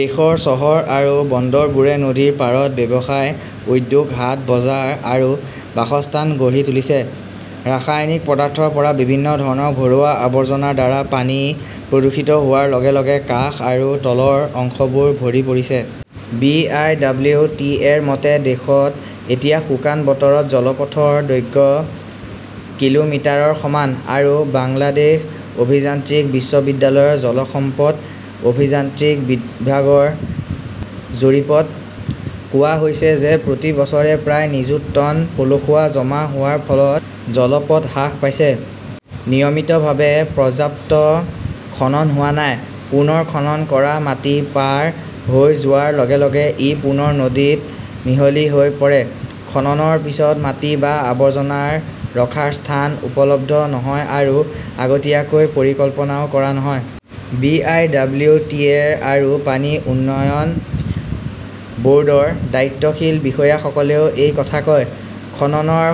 দেশৰ চহৰ আৰু বন্দৰবোৰে নদীৰ পাৰত ব্যৱসায়, উদ্যোগ, হাট বজাৰ আৰু বাসস্থান গঢ়ি তুলিছে। ৰাসায়নিক পদাৰ্থৰ পৰা বিভিন্ন ধৰণৰ ঘৰুৱা আৱৰ্জনাৰ দ্বাৰা পানী প্ৰদূষিত হোৱাৰ লগে লগে কাষ আৰু তলৰ অংশবোৰ ভৰি পৰিছে। B. I. W. T. A. -ৰ মতে, দেশত এতিয়া শুকান বতৰত জলপথৰ দৈৰ্ঘ্য কিলোমিটাৰৰ সমান। আৰু বাংলাদেশ অভিযান্ত্ৰিক বিশ্ববিদ্যালয়ৰ জল সম্পদ অভিযান্ত্ৰিক বিভাগৰ জৰীপ ত কোৱা হৈছে যে প্ৰতি বছৰে প্ৰায় নিযুত টন পলসুৱা জমা হোৱাৰ ফলত জলপথ হ্ৰাস পাইছে। নিয়মিতভাৱে পৰ্যাপ্ত খনন হোৱা নাই। পুনৰ খনন কৰা মাটি পাৰ হৈ যোৱাৰ লগে লগে ই পুনৰ নদীত মিহলি হৈ পৰে। খননৰ পিছত মাটি বা আৱৰ্জনা ৰখাৰ স্থান উপলব্ধ নহয়-আৰু আগতীয়াকৈ পৰিকল্পনাও কৰা নহয়। B. I. W. T. A. আৰু পানী উন্নয়ন ব "ৰ্ডৰ দায়িত্বশীল বিষয়াসকলেও এই কথা কয়। খননৰ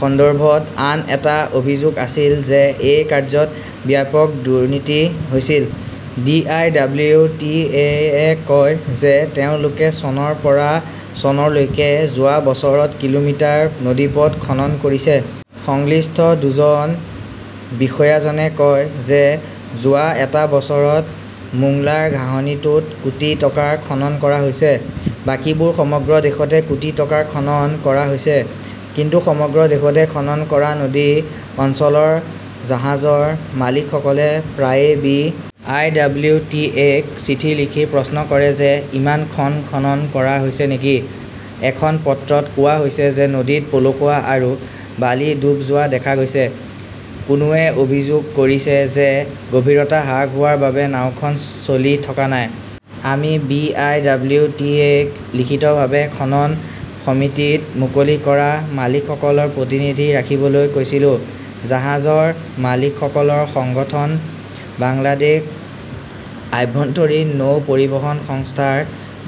সন্দৰ্ভত আন এটা অভিযোগ আছিল যে এই কাৰ্য্যত ব্যাপক দুৰ্নীতি হৈছিল। B. I. W. T. A. -য়ে কয় যে তেওঁলোকে চনৰ পৰা চনলৈকে যোৱা বছৰত কিলোমিটাৰ নদীপথ খনন কৰিছে। সংশ্লিষ্ট দুজন বিষয়াজনে কয় যে যোৱা এটা বছৰত মোংলাৰ ঘাঁহনিটোত কোটি টকাৰ খনন কৰা হৈছে। বাকীবোৰ সমগ্ৰ দেশতে কোটি টকাৰ খনন কৰা হৈছে। কিন্তু সমগ্ৰ দেশতে খনন কৰা নদী অঞ্চলৰ জাহাজৰ মালিকসকলে প্ৰায়ে B. I. W. T. A. -ক চিঠি লিখি প্ৰশ্ন কৰে যে ইমান খন খনন কৰা হৈছে নেকি। এখন পত্ৰত কোৱা হৈছে যে নদীত পলসুৱা আৰু বালি ডুব যোৱা দেখা গৈছে। কোনোৱে অভিযোগ কৰিছে যে গভীৰতা হ্ৰাস হোৱাৰ বাবে নাওখন চলি থকা নাই। "আমি B. I. W. T. A. -ক লিখিতভাৱে খনন সমিতিত মুকলি কৰা মালিকসকলৰ প্ৰতিনিধি ৰাখিবলৈ কৈছিলো", জাহাজৰ মালিকসকলৰ সংগঠন বাংলাদেশ আভ্যন্তৰীণ নৌ পৰিবহণ সংস্থাৰ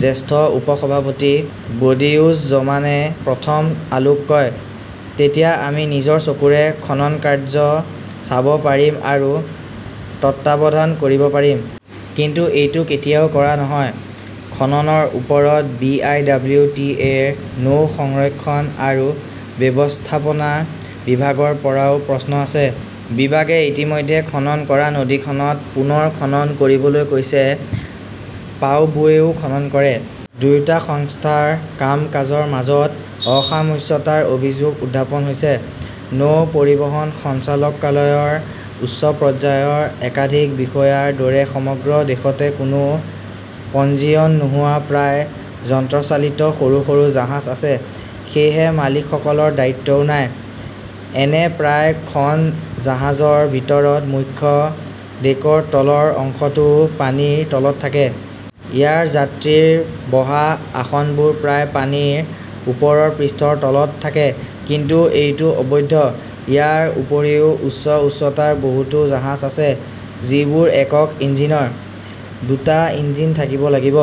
জ্যেষ্ঠ উপ-সভাপতি বদিউজ্জমানে প্ৰথম আলোক কয়। তেতিয়া আমি নিজৰ চকুৰে খননকাৰ্য চাব পাৰিম আৰু তত্বাৱধান কৰিব পাৰিম। কিন্তু এইটো কেতিয়াও কৰা নহয়। 'খননৰ ওপৰত B. I. W. T. A. -ৰ নৌ সংৰক্ষণ আৰু ব্যৱস্থাপনা বিভাগৰ পৰাও প্ৰশ্ন আছে। বিভাগে ইতিমধ্যে খনন কৰা নদীখনত পুনৰ খনন কৰিবলৈ কৈছে। পাউবোৱেও খনন কৰে। দুয়োটা সংস্থাৰ কাম-কাজৰ মাজত অসামঞ্জস্যতাৰ অভিযোগ উত্থাপন হৈছে। নৌ পৰিবহণ সঞ্চালকালয়ৰ উচ্চ পৰ্যায়ৰ একাধিক বিষয়াৰ দৰে সমগ্ৰ দেশতে কোনো পঞ্জীয়ন নোহোৱা প্ৰায় যন্ত্ৰচালিত সৰু সৰু জাহাজ আছে। সেয়েহে মালিকসকলৰ দায়িত্বও নাই। এনে প্ৰায় খন জাহাজৰ ভিতৰত মুখ্য ডেকৰ তলৰ অংশটো পানীৰ তলত থাকে। ইয়াত যাত্ৰীৰ বহা আসনবোৰ প্ৰায় পানীৰ ওপৰৰ পৃষ্ঠৰ তলত থাকে। কিন্তু এইটো অবৈধ। ইয়াৰ উপৰিও, উচ্চ উচ্চতাৰ বহুতো জাহাজ আছে, যিবোৰ একক ইঞ্জিনৰ। দুটা ইঞ্জিন থাকিব লাগিব।